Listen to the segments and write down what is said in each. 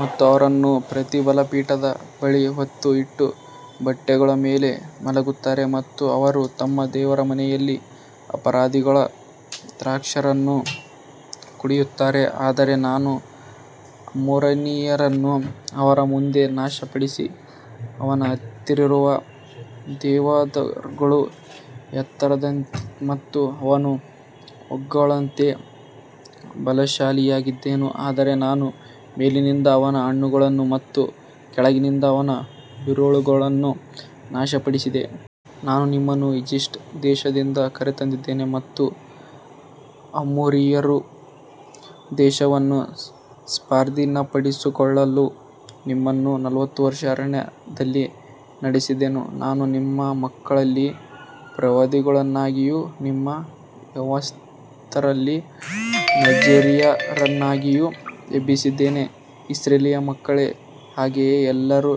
ಮತ್ತು ಅವರು ಪ್ರತಿ ಬಲಿಪೀಠದ ಬಳಿ ಒತ್ತೆ ಇಟ್ಟ ಬಟ್ಟೆಗಳ ಮೇಲೆ ಮಲಗುತ್ತಾರೆ ಮತ್ತು ಅವರು ತಮ್ಮ ದೇವರ ಮನೆಯಲ್ಲಿ ಅಪರಾಧಿಗಳ ದ್ರಾಕ್ಷಾರಸವನ್ನು ಕುಡಿಯುತ್ತಾರೆ. ಆದರೆ ನಾನು ಅಮೋರಿಯನನ್ನು ಅವರ ಮುಂದೆ ನಾಶಪಡಿಸಿದೆ, ಅವನ ಎತ್ತರವು ದೇವದಾರುಗಳ ಎತ್ತರದಂತಿತ್ತು ಮತ್ತು ಅವನು ಓಕ್ಗಳಂತೆ ಬಲಶಾಲಿಯಾಗಿದ್ದನು, ಆದರೆ ನಾನು ಮೇಲಿನಿಂದ ಅವನ ಹಣ್ಣುಗಳನ್ನು ಮತ್ತು ಕೆಳಗಿನಿಂದ ಅವನ ಬೇರುಗಳನ್ನು ನಾಶಪಡಿಸಿದೆ. ನಾನು ನಿಮ್ಮನ್ನು ಈಜಿಪ್ಟ್ ದೇಶದಿಂದ ಕರೆತಂದಿದ್ದೇನೆ ಮತ್ತು ಅಮೋರಿಯರ ದೇಶವನ್ನು ಸ್ವಾಧೀನಪಡಿಸಿಕೊಳ್ಳಲು ನಿಮ್ಮನ್ನು ನಲವತ್ತು ವರ್ಷ ಅರಣ್ಯದಲ್ಲಿ ನಡೆಸಿದೆನು. ನಾನು ನಿಮ್ಮ ಮಕ್ಕಳಲ್ಲಿ ಪ್ರವಾದಿಗಳನ್ನಾಗಿಯೂ ನಿಮ್ಮ ಯೌವನಸ್ಥರಲ್ಲಿ ನಜರೀಯರನ್ನಾಗಿಯೂ ಎಬ್ಬಿಸಿದೆನು, ಇಸ್ರಾಯೇಲ್ ಮಕ್ಕಳೇ, ಹಾಗೆಯೇ ಅಲ್ಲವೇ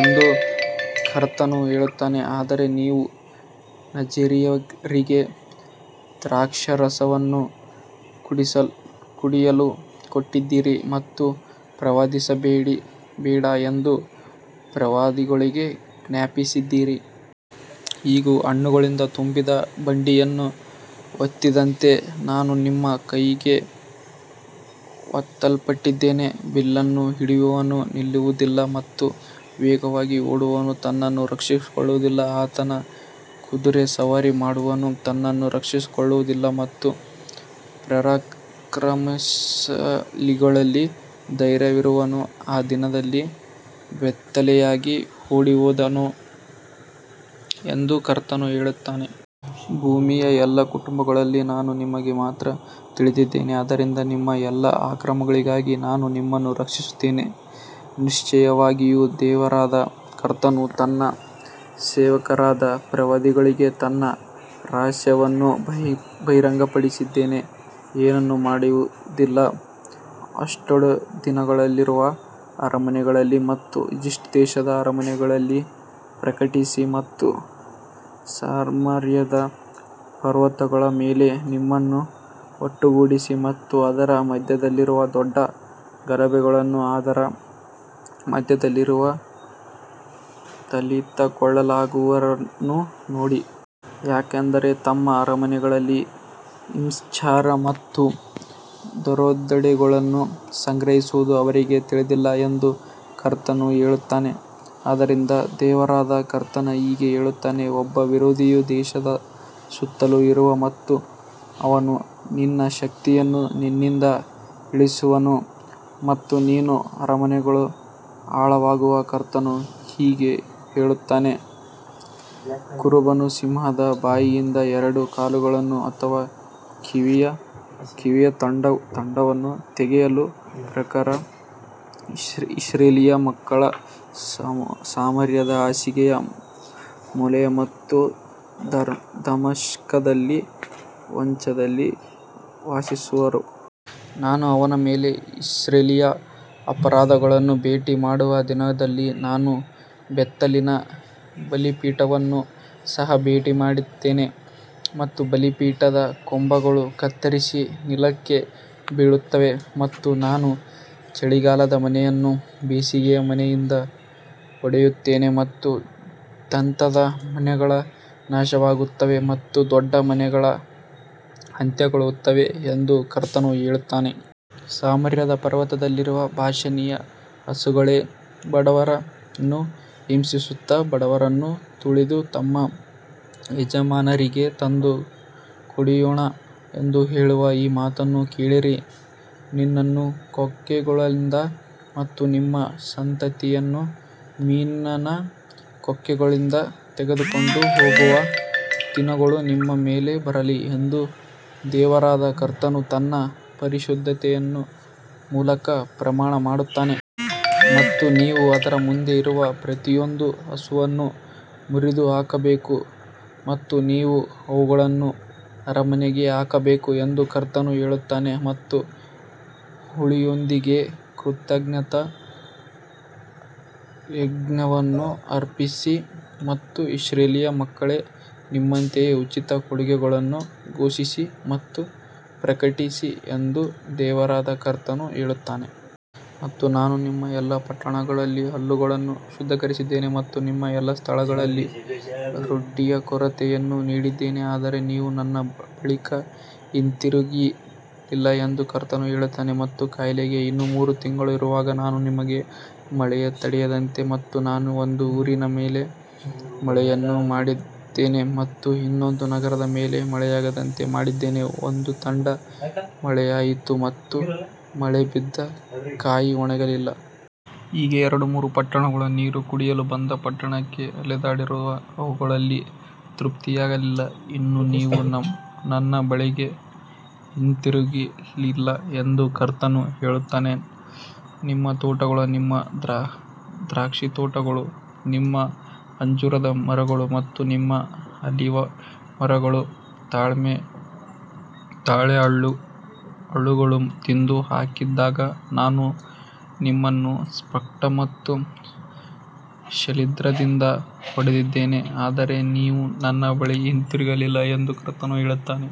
ಎಂದು ಕರ್ತನು ಹೇಳುತ್ತಾನೆ. ಆದರೆ ನೀವು ನಜರೀಯರಿಗೆ ದ್ರಾಕ್ಷಾರಸವನ್ನು ಕುಡಿಯಲು ಕೊಟ್ಟಿದ್ದೀರಿ ಮತ್ತು ಪ್ರವಾದಿಸಬೇಡ ಎಂದು ಪ್ರವಾದಿಗಳಿಗೆ ಆಜ್ಞಾಪಿಸಿದಿರಿ. ಇಗೋ, ಹೆಣಗಳಿಂದ ತುಂಬಿದ ಬಂಡಿಯನ್ನು ಒತ್ತಿದಂತೆ ನಾನು ನಿಮ್ಮ ಕೆಳಗೆ ಒತ್ತಲ್ಪಟ್ಟಿದ್ದೇನೆ, ಬಿಲ್ಲನ್ನು ಹಿಡಿಯುವವನು ನಿಲ್ಲುವುದಿಲ್ಲ ಮತ್ತು ವೇಗವಾಗಿ ಓಡುವವನು ತನ್ನನ್ನು ರಕ್ಷಿಸಿಕೊಳ್ಳುವುದಿಲ್ಲ ಅಥವಾ ಕುದುರೆ ಸವಾರಿ ಮಾಡುವವನು ತನ್ನನ್ನು ರಕ್ಷಿಸಿಕೊಳ್ಳುವುದಿಲ್ಲ. ಮತ್ತು ಪರಾಕ್ರಮಶಾಲಿಗಳಲ್ಲಿ ಧೈರ್ಯವಿರುವವನು ಆ ದಿನದಲ್ಲಿ ಬೆತ್ತಲೆಯಾಗಿ ಓಡಿಹೋಗುವನು ಎಂದು ಕರ್ತನು ಹೇಳುತ್ತಾನೆ. ಭೂಮಿಯ ಎಲ್ಲಾ ಕುಟುಂಬಗಳಲ್ಲಿ ನಾನು ನಿಮಗೆ ಮಾತ್ರ ತಿಳಿದಿದ್ದೇನೆ, ಆದ್ದರಿಂದ ನಿಮ್ಮ ಎಲ್ಲಾ ಅಕ್ರಮಗಳಿಗಾಗಿ ನಾನು ನಿಮ್ಮನ್ನು ಶಿಕ್ಷಿಸುತ್ತೇನೆ. ನಿಶ್ಚಯವಾಗಿಯೂ ದೇವರಾದ ಕರ್ತನು ತನ್ನ ಸೇವಕರಾದ ಪ್ರವಾದಿಗಳಿಗೆ ತನ್ನ ರಹಸ್ಯವನ್ನು ಬಹಿರಂಗಪಡಿಸದೆ ಏನನ್ನೂ ಮಾಡುವುದಿಲ್ಲ. ಅಷ್ಡೋದಿನಲ್ಲಿರುವ ಅರಮನೆಗಳಲ್ಲಿ ಮತ್ತು ಈಜಿಪ್ಟ್ ದೇಶದ ಅರಮನೆಗಳಲ್ಲಿ ಪ್ರಕಟಿಸಿ ಮತ್ತು ಸಮಾರ್ಯದ ಪರ್ವತಗಳ ಮೇಲೆ ನಿಮ್ಮನ್ನು ಒಟ್ಟುಗೂಡಿಸಿ ಮತ್ತು ಅದರ ಮಧ್ಯದಲ್ಲಿರುವ ದೊಡ್ಡ ಗಲಭೆಗಳನ್ನೂ ಅದರ ಮಧ್ಯದಲ್ಲಿರುವ ತುಳಿತಕ್ಕೊಳಗಾದವರನ್ನೂ ನೋಡಿ. ಯಾಕಂದರೆ ತಮ್ಮ ಅರಮನೆಗಳಲ್ಲಿ ಹಿಂಸಾಚಾರ ಮತ್ತು ದರೋಡೆಗಳನ್ನು ಸಂಗ್ರಹಿಸುವುದು ಅವರಿಗೆ ತಿಳಿದಿಲ್ಲ ಎಂದು ಕರ್ತನು ಹೇಳುತ್ತಾನೆ. ಆದದರಿಂದ ದೇವರಾದ ಕರ್ತನು ಹೀಗೆ ಹೇಳುತ್ತಾನೆ, ಒಬ್ಬ ವಿರೋಧಿಯು ದೇಶದ ಸುತ್ತಲೂ ಇರುವನು ಮತ್ತು ಅವನು ನಿನ್ನ ಶಕ್ತಿಯನ್ನು ನಿನ್ನಿಂದ ಇಳಿಸುವನು ಮತ್ತು ನಿನ್ನ ಅರಮನೆಗಳು ಹಾಳಾಗುವವು. ಕರ್ತನು ಹೀಗೆ ಹೇಳುತ್ತಾನೆ, ಕುರುಬನು ಸಿಂಹದ ಬಾಯಿಯಿಂದ ಎರಡು ಕಾಲುಗಳನ್ನು ಅಥವಾ ಕಿವಿಯ ತುಂಡನ್ನು ತೆಗೆಯುವ ಪ್ರಕಾರ ಇಸ್ರಾಯೇಲ್ ಮಕ್ಕಳು ಸಮಾರ್ಯದ ಹಾಸಿಗೆಯ ಮೂಲೆಯಲ್ಲಿ ಮತ್ತು ದಮಸ್ಕದಲ್ಲಿ ಮಂಚದಲ್ಲಿ ವಾಸಿಸುವರು. ನಾನು ಅವನ ಮೇಲೆ ಇಸ್ರಾಯೇಲ್ಯರ ಅಪರಾಧಗಳನ್ನು ಭೇಟಿ ಮಾಡುವ ದಿನದಲ್ಲಿ ನಾನು ಬೇತೇಲಿನ ಬಲಿಪೀಠಗಳನ್ನು ಸಹ ಭೇಟಿ ಮಾಡುತ್ತೇನೆ ಮತ್ತು ಬಲಿಪೀಠದ ಕೊಂಬುಗಳು ಕತ್ತರಿಸಿ ನೆಲಕ್ಕೆ ಬೀಳುತ್ತವೆ. ಮತ್ತು ನಾನು ಚಳಿಗಾಲದ ಮನೆಯನ್ನು ಬೇಸಿಗೆಯ ಮನೆಯಿಂದ ಹೊಡೆಯುತ್ತೇನೆ ಮತ್ತು ದಂತದ ಮನೆಗಳು ನಾಶವಾಗುತ್ತವೆ ಮತ್ತು ದೊಡ್ಡ ಮನೆಗಳು ಅಂತ್ಯಗೊಳ್ಳುತ್ತವೆ ಎಂದು ಕರ್ತನು ಹೇಳುತ್ತಾನೆ. ಸಮಾರ್ಯದ ಪರ್ವತದಲ್ಲಿರುವ ಬಾಷಾನಿನ ಹಸುಗಳೇ, ಬಡವರನ್ನು ಹಿಂಸಿಸುತ್ತಾ ಬಡವರನ್ನು ತುಳಿದು ತಮ್ಮ ಯಜಮಾನರಿಗೆ ತಂದು ಕುಡಿಯೋಣ ಎಂದು ಹೇಳುವ ಈ ಮಾತನ್ನು ಕೇಳಿರಿ. ನಿನ್ನನ್ನು ಕೊಕ್ಕೆಗಳಿಂದ ಮತ್ತು ನಿಮ್ಮ ಸಂತತಿಯನ್ನು ಮೀನಿನ ಕೊಕ್ಕೆಗಳಿಂದ ತೆಗೆದುಕೊಂಡು ಹೋಗುವ ದಿನಗಳು ನಿಮ್ಮ ಮೇಲೆ ಬರಲಿವೆ ಎಂದು ದೇವರಾದ ಕರ್ತನು ತನ್ನ ಪರಿಶುದ್ಧತೆಯ ಮೂಲಕ ಪ್ರಮಾಣ ಮಾಡಿದ್ದಾನೆ. ಮತ್ತು ನೀವು ಅದರ ಮುಂದೆ ಇರುವ ಪ್ರತಿಯೊಂದು ಹಸುವನ್ನು ಮುರಿದು ಹಾಕಬೇಕು ಮತ್ತು ನೀವು ಅವುಗಳನ್ನು ಅರಮನೆಗೆ ಹಾಕಬೇಕು ಎಂದು ಕರ್ತನು ಹೇಳುತ್ತಾನೆ. ಮತ್ತು ಹುಳಿಯೊಂದಿಗೆ ಕೃತಜ್ಞತಾ ಯಜ್ಞವನ್ನು ಅರ್ಪಿಸಿ ಮತ್ತು ಇಸ್ರಾಯೇಲ್ ಮಕ್ಕಳೇ, ನಿಮ್ಮಂತೆಯೇ ಉಚಿತ ಕೊಡುಗೆಗಳನ್ನು ಘೋಷಿಸಿ ಮತ್ತು ಪ್ರಕಟಿಸಿ ಎಂದು ದೇವರಾದ ಕರ್ತನು ಹೇಳುತ್ತಾನೆ. ಮತ್ತು ನಾನು ನಿಮ್ಮ ಎಲ್ಲಾ ಪಟ್ಟಣಗಳಲ್ಲಿ ಹಲ್ಲುಗಳನ್ನು ಶುದ್ಧೀಕರಿಸಿದ್ದೇನೆ ಮತ್ತು ನಿಮ್ಮ ಎಲ್ಲಾ ಸ್ಥಳಗಳಲ್ಲಿ ರೊಟ್ಟಿಯ ಕೊರತೆಯನ್ನು ನೀಡಿದ್ದೇನೆ, ಆದರೆ ನೀವು ನನ್ನ ಬಳಿಗೆ ಹಿಂತಿರುಗಲಿಲ್ಲ ಎಂದು ಕರ್ತನು ಹೇಳುತ್ತಾನೆ. ಮತ್ತು ಕೊಯ್ಲಿಗೆ ಇನ್ನೂ ಮೂರು ತಿಂಗಳು ಇರುವಾಗ ನಾನು ನಿಮಗೆ ಮಳೆಯನ್ನು ತಡೆಹಿಡಿದಿದ್ದೇನೆ ಮತ್ತು ನಾನು ಒಂದು ಊರಿನ ಮೇಲೆ ಮಳೆಯನ್ನು ಮಾಡಿದ್ದೇನೆ ಮತ್ತು ಇನ್ನೊಂದು ನಗರದ ಮೇಲೆ ಮಳೆಯಾಗದಂತೆ ಮಾಡಿದ್ದೇನೆ, ಒಂದು ತುಂಡು ಮಳೆಯಾಯಿತು ಮತ್ತು ಮಳೆ ಬಿದ್ದ ಕಾಯಿ ಒಣಗಲಿಲ್ಲ. ಹೀಗೆ ಎರಡು ಮೂರು ಪಟ್ಟಣಗಳು ನೀರು ಕುಡಿಯಲು ಒಂದು ಪಟ್ಟಣಕ್ಕೆ ಅಲೆದಾಡಿದರೂ ಅವುಗಳಿಗೆ ತೃಪ್ತಿಯಾಗಲಿಲ್ಲ, ಇನ್ನೂ ನೀವು ನನ್ನ ಬಳಿಗೆ ಹಿಂತಿರುಗಲಿಲ್ಲ ಎಂದು ಕರ್ತನು ಹೇಳುತ್ತಾನೆ. ನಿಮ್ಮ ತೋಟಗಳು, ನಿಮ್ಮ ದ್ರಾಕ್ಷಿತೋಟಗಳು, ನಿಮ್ಮ ಅಂಜೂರದ ಮರಗಳು ಮತ್ತು ನಿಮ್ಮ ಆಲಿವ್ ಮರಗಳನ್ನು ತಾಳೆ ಹುಳುಗಳು ತಿಂದು ಹಾಕಿದಾಗ ನಾನು ನಿಮ್ಮನ್ನು ಸ್ಫೋಟ ಮತ್ತು ಶಿಲೀಂಧ್ರದಿಂದ ಹೊಡೆದಿದ್ದೇನೆ, ಆದರೆ ನೀವು ನನ್ನ ಬಳಿಗೆ ಹಿಂತಿರುಗಲಿಲ್ಲ ಎಂದು ಕರ್ತನು ಹೇಳುತ್ತಾನೆ.